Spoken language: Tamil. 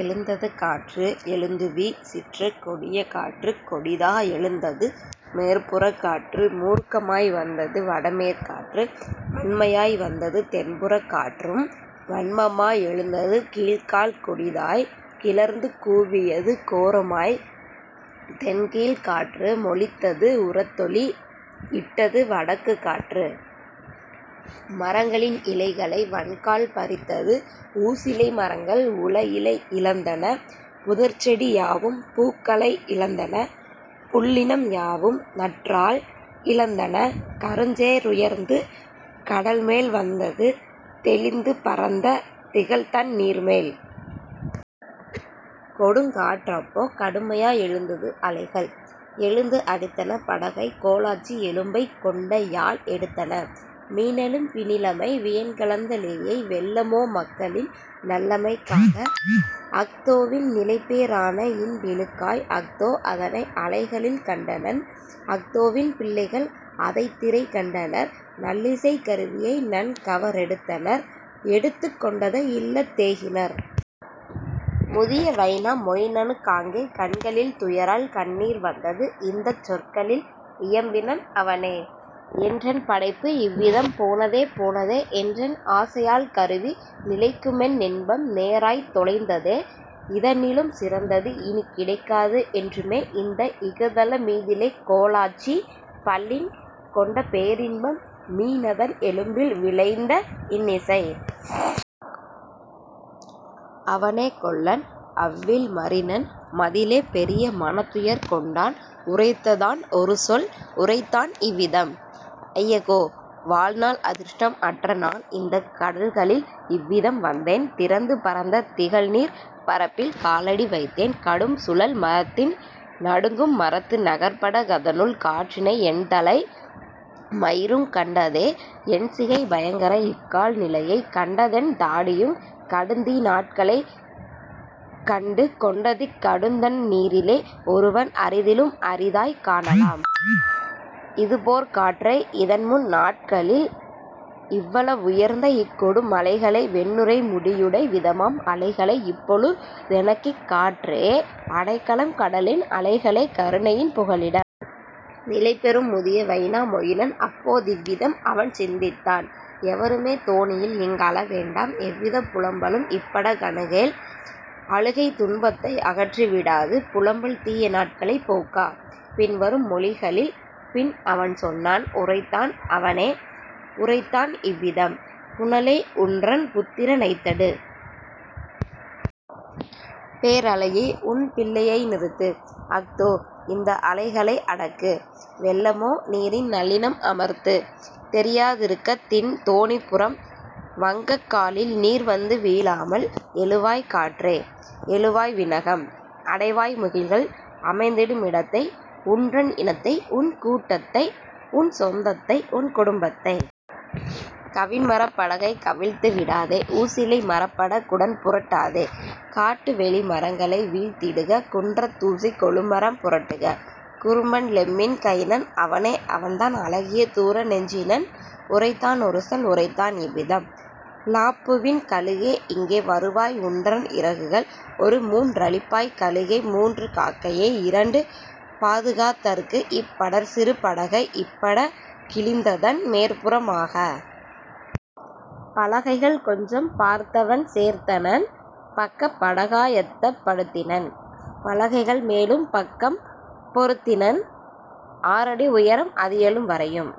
எழுந்தது காற்று எழுந்துவீ சிற்று கொடிய காற்றுக் கொடிதா யெழுந்தது மேற்புறக் காற்று மூர்க்கமாய் வந்தது வடமேற் காற்று வன்மையாய் வந்தது தென்புறக் காற்றும் வன்மமா யெழுந்தது கீழ்க்கால் கொடிதாய் கிளர்ந்துகூ வியது கோரமாய் தென்கீழ்க் காற்று மொலித்தது உரத்தொலி இட்டது வடக்குக் காற்று. மரங்களின் இலைகளை வன்கால் பறித்தது ஊசிலை மரங்கள் உளஇலை இழந்தன புதர்ச்செடி யாவும் பூக்களை இழந்தன புல்லினம் யாவும் நற்றாள் இழந்தன கருஞ்சே றுயர்ந்து கடல்மேல் வந்தது தெளிந்து பரந்த திகழ்தண் ணீர்மேல். கொடுங்காற் றப்போ கடுமையா யெழுந்தது அலைகள் எழுந்து அடித்தன படகை கோலாச்சி எலும்பைக் கொண்டயாழ் எடுத்தன மீனெலும் பினிலமை வியன்கலந்த லேயை வெல்லமோ மக்களின் நல்லமைக் காக அஹ்தோவின் நிலைபே றானஇன் பினுக்காய்; அஹ்தோ அதனை அலைகளில் கண்டனன் அஹ்தோவின் பிள்ளைகள் அதைத்திரை கண்டனர் நல்லிசைக் கருவியை நன்கவ ரெடுத்தனர் எடுத்துக் கொண்டதை இல்லத் தேகினர். முதிய வைனா மொயினனுக் காங்கே கண்களில் துயரால் கண்ணீர் வந்தது இந்தச் சொற்களில் இயம்பினன் அவனே: "என்றன் படைப்பு இவ்விதம் போனதே போனதே என்றன் ஆசையாழ்க் கருவி நிலைக்குமென் னின்பம் நேராய்த் தொலைந்ததே இதனிலும் சிறந்தது இனிக்கிடைக் காது என்றுமே இந்த இகதல மீதிலே கோலாச்சி பல்லில் கொண்டபே ரின்பம் மீனதன் எலும்பில் விளைந்த இன்னிசை. " அவனே கொல்லன் அவ்வில் மரினன் மதிலே பெரிய மனத்துயர் கொண்டான் உரைத்ததான் ஒருசொல் உரைத்தான் இவ்விதம்: "ஐயகோ வாழ்நாள் அதிர்ஷ்டம் அற்றநான் இந்தக் கடல்களில் இவ்விதம் வந்தேன் திறந்து பரந்த திகழ்நீர்ப் பரப்பில் காலடி வைத்தேன் கடும்சுழல் மரத்தில் நடுங்கும் மரத்து நகர்பட கதனுள் காற்றினை என்தலை மயிரும் கண்டதே என்சிகை பயங்கர இக்கால் நிலையை கண்டதென் தாடியும் கடுந்தீ நாட்களை கண்டு கொண்டதிக் கடுந்தண் ணீரிலே; ஒருவன் அரிதிலும் அரிதாய்க் காணலாம் இதுபோற் காற்றை இதன்முன் நாட்களில் இவ்வள வுயர்ந்த இக்கொடு மலைகளை வெண்ணுரை முடியுடை விதமாம் அலைகளை; இப்பொழு தெனக்கிக் காற்றே அடைக்கலம் கடலின் அலைகளே கருணையின் புகலிடம். " நிலைபெறும் முதிய வைனா மொயினன் அப்போ திவ்விதம் அவன்சிந் தித்தான்: "எவருமே தோணியில் இங்கழ வேண்டாம் எவ்விதப் புலம்பலும் இப்பட கணுகேல்; அழுகைதுன் பத்தை அகற்றி விடாது புலம்பல் தீய நாட்களைப் போக்கா. " பின்வரும் மொழிகளில் பின்அவன் சொன்னான் உரைத்தான் அவனே உரைத்தான் இவ்விதம்: "புனலே, உன்றன் புத்திர னைத்தடு! பேரலை யே, உன் பிள்ளையை நிறுத்து! அஹ்தோ, இந்த அலைகளை அடக்கு! வெல்லமோ, நீரின் நல்லினம் அமர்த்து! தெறியா திருக்கத் திண்தோ ணிப் புறம் வங்கக் காலில்நீர் வந்துவீ ழாமல். எழுவாய் காற்றே, எழுவாய் விண்ணகம்! அடைவாய் முகில்கள் அமைந்திடு மிடத்தை உன்றன் இனத்தை உன்கூட் டத்தை உன்சொந் தத்தை உன்குடும் பத்தை! கவின்மரப் படகைக் கவிழ்த்து விடாதே ஊசிலை மரப்பட குடன்புரட் டாதே காட்டு வெளிமரங் களைவீழ்த் திடுக குன்றத் தூசிக் கொழுமரம் புரட்டுக! " குறும்பன் லெம்மின் கைனன் அவனே அவன்தான் அழகிய தூர நெஞ்சினன் உரைத்தான் ஒருசொல் உரைத்தான் இவ்விதம்: "லாப்புவின் கழுகே இங்கே வருவாய் உன்றன் இறகுகள் ஒருமூன் றளிப்பாய் கழுகே மூன்று காக்கையே இரண்டு பாதுகாத் தற்குஇப் படர்சிறு படகை இப்பட கிழிந்ததன் மேற்புறம் ஆக! " பலகைகள் கொஞ்சம் பார்த்தவன் சேர்த்தனன் பக்கப் படகா யத்தப் படுத்தினன் பலகைகள் மேலும் பக்கம் பொருத்தினன் ஆறடி உயரம் அதுஎழும் வரையும்